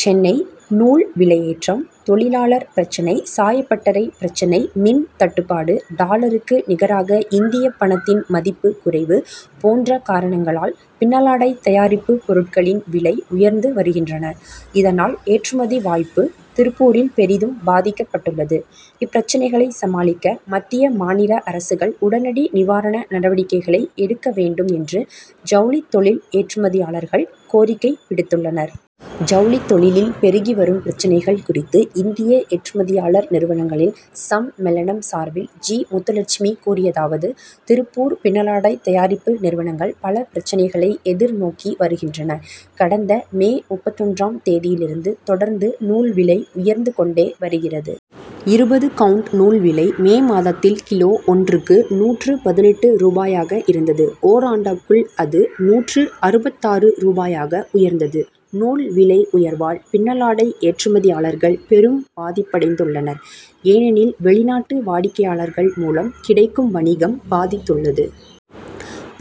சென்னை நூல் விலையேற்றம், தொழிலாளர் பிரச்னை, சாயப்பட்டறை பிரச்னை, மின் தட்டுப்பாடு, டாலருக்கு நிகராக இந்தியப் பணத்தின் மதிப்பு குறைவு போன்ற காரணங்களால், பின்னலாடை தயாரிப்பு பொருட்களின் விலை உயர்ந்து வருகின்றன. இதனால், ஏற்றுமதி வாய்ப்பு, திருப்பூரில் பெரிதும் பாதிக்கப்பட்டுள்ளது. இப்பிரச்னைகளை சமாளிக்க மத்திய, மாநில அரசுகள் உடனடி நிவாரண நடவடிக்கைகளை எடுக்க வேண்டும் என்று, ஜவுளித் தொழில் ஏற்றுமதியாளர் கள் கோரிக்கை விடுத்துள்ளனர். ஜவுளித் தொழிலில் பெருகி வரும் பிரச்னைகள் குறித்து, இந்திய ஏற்றுமதியாளர் நிறுவனங்களின் சம் மேளனம் சார்பில் ஜி. முத்துலட்சுமி கூறியதாவது: திருப்பூர் பின்னலாடை தயாரிப்பு நிறுவனங்கள், பல பிரச்னைகளை எதிர் நோக்கி வருகின்றன. கடந்த, மே முப்பத்தொன்றாம் தேதியிலிருந்து தொடர்ந்து நூல் விலை உயர்ந்து கொண்டே வருகிறது. இருபது கவுண்ட் நூல் விலை, மே மாதத்தில் கிலோ ஒன்றுக்கு, நூற்று பதினெட்டு ரூபாயாக இருந்தது. ஓராண்டுக்குள் அது, நூற்று அறுபத்தாறு ரூபாயாக உயர்ந்தது. நூல் விலை உயர்வால், பின்னலாடை ஏற்றுமதியாளர்கள் பெரும் பாதிப்படைந்துள் ளனர். ஏனெனில், வெளிநாட்டு வாடிக்கையாளர் கள் மூலம் கிடைக்கும் வணிகம் பாதித்துள்ளது.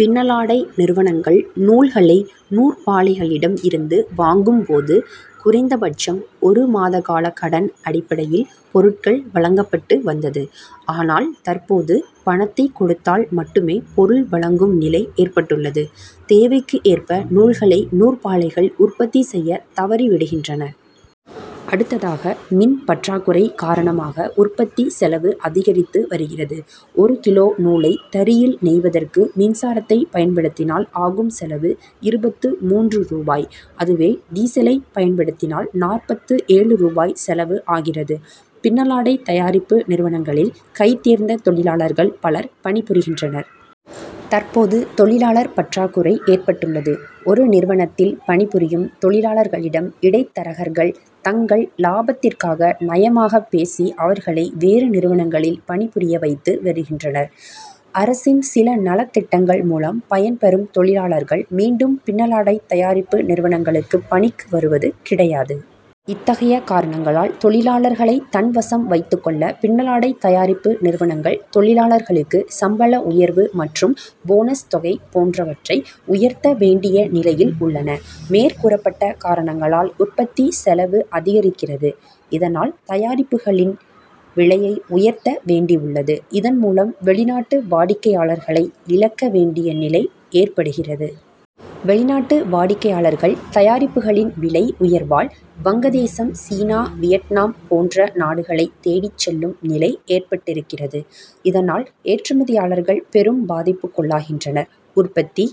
பின்னலாடை நிறுவனங்கள் நூல்களை நூற்பாலைகளிடம் இருந்து வாங் கும்போது, குறைந்த பட்சம் ஒரு மாதகால கடன் அடிப்படையில் பொருட் கள் வழங்கப்பட்டு வந்தது. ஆனால் தற்போது, பணத்தை கொடுத்தால் மட்டுமே பொருள் வழங் கும் நிலை ஏற்பட்டுள்ளது. தேவைக்கு ஏற்ப நூல்களை நூற்பாலைகள் உற்பத்தி செய்யத் தவறிவிடுகின்றன. அடுத்ததாக, மின் பற் றாக்குறை காரணமாக உற் பத்தி செலவு அதிகரித்து வருகிறது. ஒரு கிலோ நூலை, தறியில் நெய்வதற்கு மின்சாரத்தைப் பயன்படுத்தினால் ஆகும் செலவு இருபத்து மூன்று ரூபாய். அதுவே, டீசலை பயன்படுத்தினால் நாற்பத்து ஏழு ரூபாய் செலவு ஆகிறது. பின்னலாடை தயாரிப்பு நிறுவனங்களில் கை தேர்ந்த தொழிலாளர்கள் பலர் பணிபுரிகின்றனர். தற்போது தொழிலாளர் பற்றாக் குறை ஏற்பட்டுள்ளது. ஒரு நிறுவனத்தில் பணிபுரியும் தொழிலாளர்களிடம் இடைத்தரகர்கள் தங்கள் லாபத் திற்காக நயமாகப் பேசி அவர்களை வேறு நிறுவனங்களில் பணிபுரிய வைத்து வருகின்றனர். அரசின் சில நலத் திட்டங்கள் மூலம் பயன் பெறும் தொழிலாளர்கள், மீண்டும் பின்னலாடை தயாரிப்பு நிறுவனங்களுக் குப் பணிக்கு வருவது கிடையாது. இத்தகைய காரணங்களால், தொழிலாளர் களை தன் வசம் வைத்துக் கொள்ள பின்னலாடைத் தயாரிப்பு நிறுவனங்கள், தொழிலாளர்களுக்கு சம்பள உயர்வு மற்றும் போனஸ் தொகை போன்றவற்றை உயர்த்த வேண்டிய நிலையில் உள்ளன. மேற்கூறப்பட்ட காரணங்களால் உற்பத்தி செலவு அதிகரிக்கிறது. அதனால், தயாரிப்புகளின் விலையை உயர்த்த வேண்டியுள்ளது. இதன் மூலம் வெளிநாட்டு வாடிக் கையாளர்களை இழக்க வேண்டிய நிலை ஏற்படுகிறது. வெளிநாட்டு வாடிக்கையாளர்கள், தயாரிப்புகளின் விலை உயர்வால், வங்கதேசம், சீனா, வியட்நாம் போன்ற நாடுகளைத் தேடிச் செல்லும் நிலை ஏற்பட்டிருக்கிறது. இதனால், ஏற்றுமதியாளர்கள் பெரும் பாதிப்புக்குள்ளாகின்றனர். உற்பத்தி